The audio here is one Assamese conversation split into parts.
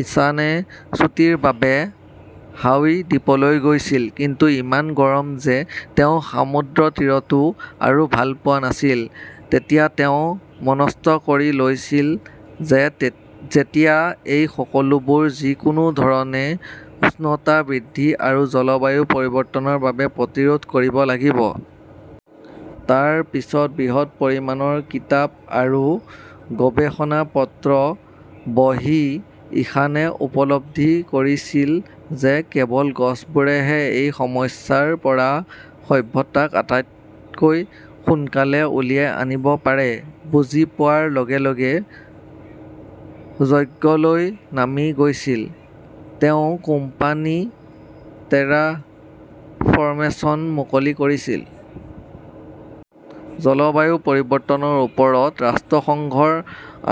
ইশানে ছুটীৰ বাবে হাউই দ্বীপলৈ গৈছিল। কিন্তু ইমান গৰম যে তেওঁ সমুদ্ৰতীৰটো আৰু ভাল পোৱা নাছিল। তেতিয়া তেওঁ মনস্থ কৰি লৈছিল যে যেতিয়া এই সকলোবোৰ, যিকোনো ধৰণে, উষ্ণতা বৃদ্ধি আৰু জলবায়ু পৰিৱৰ্তনৰ বাবে প্ৰতিৰোধ কৰিব লাগিব। তাৰ পিছত বৃহৎ পৰিমাণৰ কিতাপ আৰু গৱেষণা পত্ৰ বঢ়ি ইশানে উপলব্ধি কৰিছিল যে কেৱল গছবোৰেহে এই সমস্যাৰ পৰা সভ্যতাক আটাইতকৈ সোনকালে উলিয়াই আনিব পাৰে। বুজি পোৱাৰ লগে - লগে যজ্ঞলৈ নামি গৈছিল। তেওঁৰ কোম্পানী টেৰাফৰ্মেচন মুকলি কৰিছিল। জলবায়ু পৰিৱৰ্তনৰ ওপৰত ৰাষ্ট্ৰসংঘৰ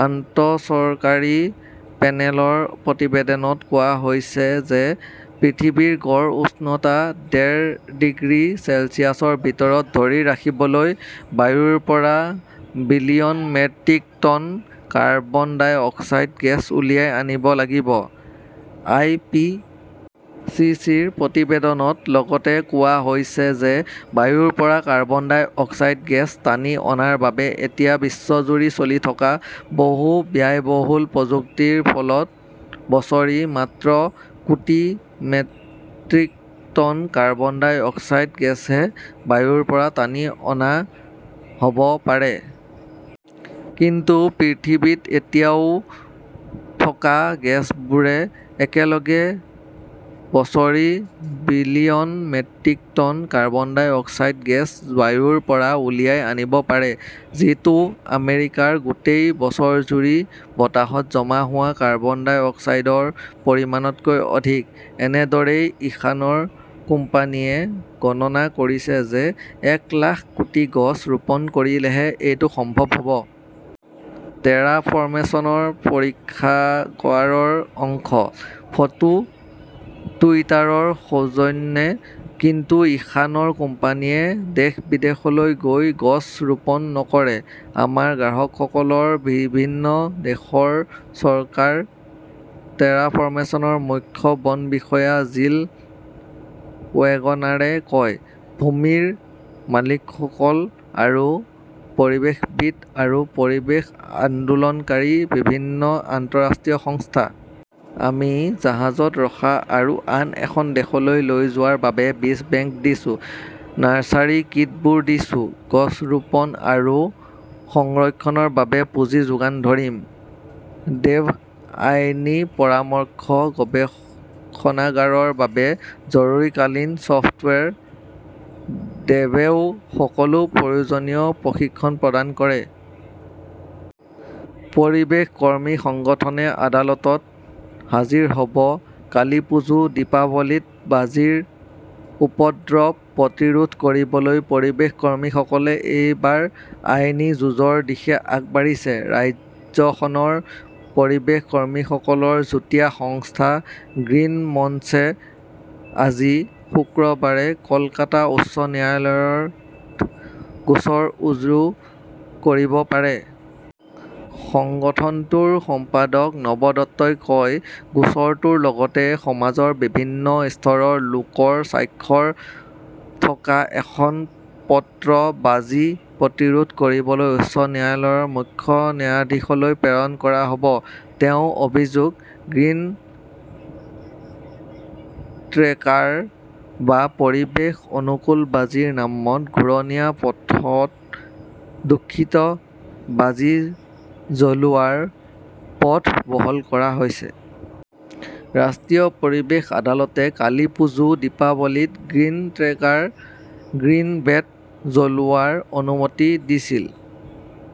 আন্তঃচৰকাৰী পেনেলৰ প্ৰতিবেদনত কোৱা হৈছে যে পৃথিৱীৰ গড় উষ্ণতা ডেৰ ডিগ্ৰী চেলছিয়াছৰ ভিতৰত ধৰি ৰাখিবলৈ বায়ুৰ পৰা billion metric ton carbon dioxide gas উলিয়াই আনিব লাগিব। আই. পি. চি. চি.ৰ প্ৰতিবেদনত লগতে কোৱা হৈছে যে বায়ুৰ পৰা কাৰ্বন ডাই অক্সাইড গেছ টানি অনাৰ বাবে এতিয়া বিশ্বজুৰি চলি থকা বহু ব্যায়বহুল প্ৰযুক্তিৰ ফলত বছৰি মাত্ৰ কোটি metric ton carbon dioxide গেছহে বায়ুৰ পৰা টানি অনা হ'ব পাৰে। কিন্তু পৃথিৱীত এতিয়াও থকা গেছবোৰে একেলগে বছৰি billion metric ton carbon dioxide gas বায়ুৰ পৰা উলিয়াই আনিব পাৰে। যিটো আমেৰিকাৰ গোটেই বছৰজুৰি বতাহত জমা হোৱা কাৰ্বন ডাই অক্সাইডৰ পৰিমাণতকৈ অধিক। এনেদৰেই ইশানৰ কোম্পানীয়ে গণনা কৰিছে যে এক লাখ কোটি গছ ৰোপণ কৰিলেহে এইটো সম্ভৱ হ'ব। টেৰাফৰ্মেচনৰ পৰীক্ষাগাৰৰ অংশ। ফটো-টুইটাৰৰ সৌজন্যে। কিন্তু ইশানৰ কোম্পানীয়ে দেশ-বিদেশলৈ গৈ গছ ৰোপণ নকৰে। আমাৰ গ্ৰাহকসকল বিভিন্ন দেশৰ চৰকাৰ, টেৰাফৰ্মেচনৰ মুখ্য বন বিষয়া জিল ৱেগনাৰে কয়। ভূমিৰ মালিকসকল আৰু পৰিৱেশবিদ আৰু পৰিৱেশ আন্দোলনকাৰী বিভিন্ন আন্তঃৰাষ্ট্ৰীয় সংস্থা। আমি জাহাজত ৰখা আৰু আন এখন দেশলৈ লৈ যোৱাৰ বাবে বীজ বেংক দিছো। নাৰ্চাৰী কিটবোৰ দিছো। গছ ৰোপণ আৰু সংৰক্ষণৰ বাবে পুঁজি যোগান ধৰিম। দেৱ আইনী পৰামৰ্শ, গৱেষণাগাৰৰ বাবে জৰুৰীকালীন চফ্টৱেৰ। দেৱেও সকলো প্ৰয়োজনীয় প্ৰশিক্ষণ প্ৰদান কৰে। পৰিৱেশ কৰ্মী সংগঠনে আদালতত হাজিৰ হ'ব কালীপুজো, দীপাৱলীত বাজিৰ উপদ্ৰৱ প্ৰতিৰোধ কৰিবলৈ পৰিৱেশ কৰ্মীসকলে এইবাৰ আইনী যুঁজৰ দিশে আগবাঢ়িছে। ৰাজ্যখনৰ পৰিৱেশ কৰ্মীসকলৰ যুটীয়া সংস্থা গ্ৰীণ মঞ্চে আজি, শুক্ৰবাৰে কলকাতা উচ্চ ন্যায়ালয়ত গোচৰ উজু কৰিব পাৰে। সংগঠনটোৰ সম্পাদক নব দত্তই কয়, গোচৰটোৰ লগতে সমাজৰ বিভিন্ন স্তৰৰ লোকৰ স্বাক্ষৰ থকা এখন পত্ৰ বাজি প্ৰতিৰোধ কৰিবলৈ উচ্চ ন্যায়ালয়ৰ মুখ্য ন্যায়াধীশলৈ প্ৰেৰণ কৰা হ'ব। তেওঁৰ অভিযোগ, গ্ৰীণ ক্ৰেকাৰ বা পৰিৱেশ অনুকূল বাজিৰ নামত ঘূৰণীয়া পথত দূষিত বাজি জ্বলোৱাৰ পথ বহল কৰা হৈছে। ৰাষ্ট্ৰীয় পৰিৱেশ আদালতে কালীপুজো, দীপাৱলীত গ্ৰীণ ক্ৰেকাৰ বা গ্ৰীণ বেট জ্বলোৱাৰ অনুমতি দিছিল।